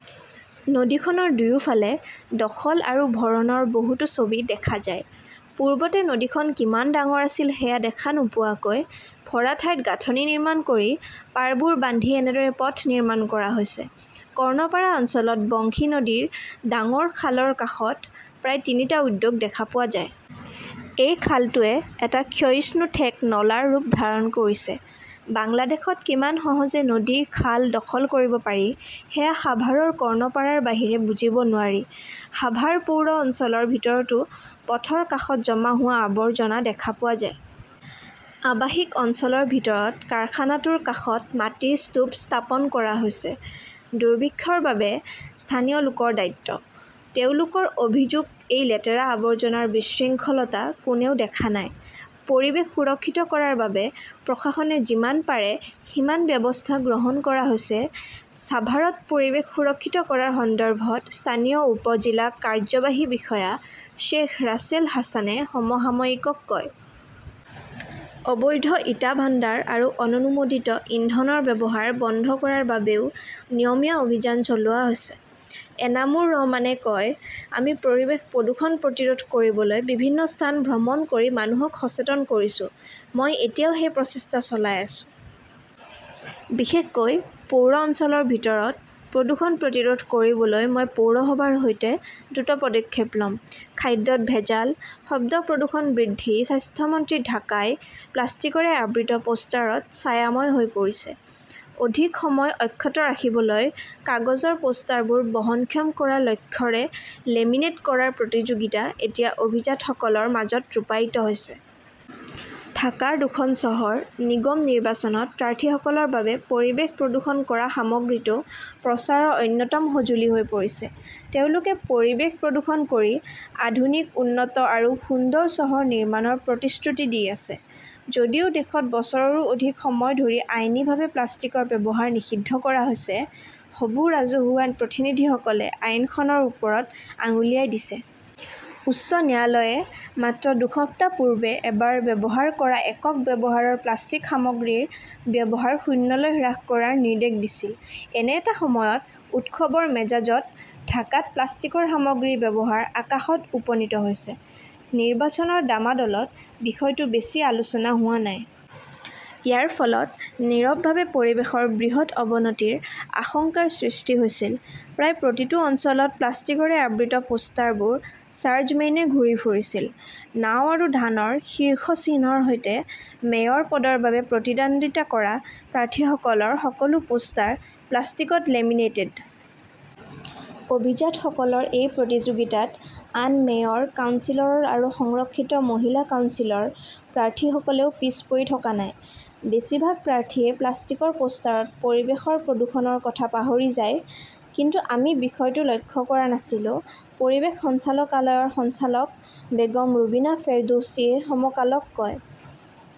নদীখনৰ দুয়োফালে দখল আৰু ভৰণৰ বহুতো ছবি দেখা যায়। পূৰ্বতে নদীখন কিমান ডাঙৰ আছিল সেয়া দেখা নোপোৱাকৈ, ভৰা ঠাইত গাঁথনি নিৰ্মাণ কৰি, পাৰবোৰ বান্ধি এনেদৰে পথ নিৰ্মাণ কৰা হৈছে। কৰ্ণপাৰা অঞ্চলত বংশী নদীৰ ডাঙৰ খালৰ কাষত প্ৰায় তিনিটা উদ্যোগ দেখা পোৱা যায়। এই খালটোৱে এটা ক্ষয়িষ্ণু ঠেক নলাৰ ৰূপ ধাৰণ কৰিছে। বাংলাদেশত কিমান সহজে নদী-খাল দখল কৰিব পাৰি সেয়া সাভাৰৰ কৰ্ণপাৰাৰ বাহিৰে বুজিব নোৱাৰি। সাভাৰ পৌৰ অঞ্চলৰ ভিতৰতো পথৰ কাষত জমা হোৱা আৱৰ্জনা দেখা পোৱা যায়। আৱাসিক অঞ্চলৰ ভিতৰত কাৰখানাটোৰ কাষত মাটিৰ স্তূপ স্থাপন কৰা হৈছে। দুৰ্ভিক্ষৰ বাবে স্থানীয় লোকৰ দায়িত্ব। তেওঁলোকৰ অভিযোগ-এই লেতেৰা-আৱৰ্জনাৰ বিশৃংখলতা কোনেও দেখা নাই। পৰিৱেশ সুৰক্ষিত কৰাৰ বাবে প্ৰশাসনে যিমান পাৰে সিমান ব্যৱস্থা গ্ৰহণ কৰা হৈছে, ছাভাৰত পৰিৱেশ সুৰক্ষিত কৰাৰ সন্দৰ্ভত স্থানীয় উপ-জিলা কাৰ্যবাহী বিষয়া শ্বেখ ৰাছেল হাছানে সমসাময়িকক কয়। অবৈধ ইটা ভাণ্ডাৰ আৰু অননুমোদিত ইন্ধনৰ ব্যৱহাৰ বন্ধ কৰাৰ বাবেও নিয়মীয়া অভিযান চলোৱা হৈছে। এনামুৰ ৰহমানে কয়, আমি পৰিৱেশ প্ৰদূষণ প্ৰতিৰোধ কৰিবলৈ বিভিন্ন স্থান ভ্ৰমণ কৰি মানুহক সচেতন কৰিছো। মই এতিয়াও সেই প্ৰচেষ্টা চলাই আছো। বিশেষকৈ পৌৰ অঞ্চলৰ ভিতৰত প্ৰদূষণ প্ৰতিৰোধ কৰিবলৈ মই পৌৰসভাৰ সৈতে দ্ৰুত পদক্ষেপ ল’ম। খাদ্যত ভেজাল, শব্দ প্ৰদূষণ বৃদ্ধিঃ স্বাস্থ্য মন্ত্ৰী ঢাকাই প্লাষ্টিকৰে আবৃত পোষ্টাৰত ছায়াময় হৈ পৰিছে। অধিক সময় অক্ষত ৰাখিবলৈ কাগজৰ পোষ্টাৰবোৰ বহনক্ষম কৰাৰ লক্ষ্যৰে লেমিনেট কৰাৰ প্ৰতিযোগিতা এতিয়া অভিজাতসকলৰ মাজত ৰূপায়িত হৈছে। ঢাকাৰ দুখন চহৰ নিগম নিৰ্বাচনত প্ৰাৰ্থীসকলৰ বাবে পৰিৱেশ প্ৰদূষিত কৰা সামগ্ৰীটো প্ৰচাৰৰ অন্যতম সঁজুলি হৈ পৰিছে। তেওঁলোকে পৰিৱেশ প্ৰদূষণ কৰি আধুনিক, উন্নত আৰু সুন্দৰ চহৰ নিৰ্মাণৰ প্ৰতিশ্ৰুতি দি আছে। যদিও দেশত বছৰৰো অধিক সময় ধৰি আইনীভাৱে প্লাষ্টিকৰ ব্যৱহাৰ নিষিদ্ধ কৰা হৈছে, হবু ৰাজহুৱা প্ৰতিনিধিসকলে আইনখনৰ ওপৰত আঙুলিয়াই দিছে। উচ্চ ন্যায়ালয়ে মাত্ৰ দুসপ্তাহ পূৰ্বে এবাৰ ব্যৱহাৰ কৰা একক ব্যৱহাৰৰ প্লাষ্টিক সামগ্ৰীৰ ব্যৱহাৰ শূন্যলৈ হ্ৰাস কৰাৰ নিৰ্দেশ দিছিল। এনে এটা সময়ত, উৎসৱৰ মেজাজত ঢাকাত প্লাষ্টিক সামগ্ৰীৰ ব্যৱহাৰ আকাশত উপনীত হৈছে। নিৰ্বাচনৰ ডামাডলত বিষয়টো বেছি আলোচনা হোৱা নাই। ইয়াৰ ফলত নীৰৱভাৱে পৰিৱেশৰ বৃহৎ অৱনতিৰ আশংকাৰ সৃষ্টি হৈছিল। প্ৰায় প্ৰতিটো অঞ্চলত প্লাষ্টিকৰে আবৃত পোষ্টাৰবোৰ চাৰ্জমেইনে ঘূৰি ফুৰিছিল। নাও আৰু ধানৰ শীৰ্ষ চিহ্নৰ সৈতে মেয়ৰ পদৰ বাবে প্ৰতিদ্বন্দ্বিতা কৰা প্ৰাৰ্থীসকলৰ সকলো পোষ্টাৰ প্লাষ্টিকত লেমিনেটেড। অভিজাতসকলৰ এই প্ৰতিযোগিতাত আন মেয়ৰ, কাউন্সিলৰ আৰু সংৰক্ষিত মহিলা কাউন্সিলৰ প্ৰাৰ্থীসকলেও পিছ পৰি থকা নাই। বেছিভাগ প্ৰাৰ্থীয়ে প্লাষ্টিকৰ পোষ্টাৰত পৰিৱেশৰ প্ৰদূষণৰ কথা পাহৰি যায়। কিন্তু আমি বিষয়টো লক্ষ্য কৰা নাছিলো, পৰিৱেশ সঞ্চালকালয়ৰ সঞ্চালক বেগম ৰুবিনা ফেৰদৌছিয়ে সমকালক কয়।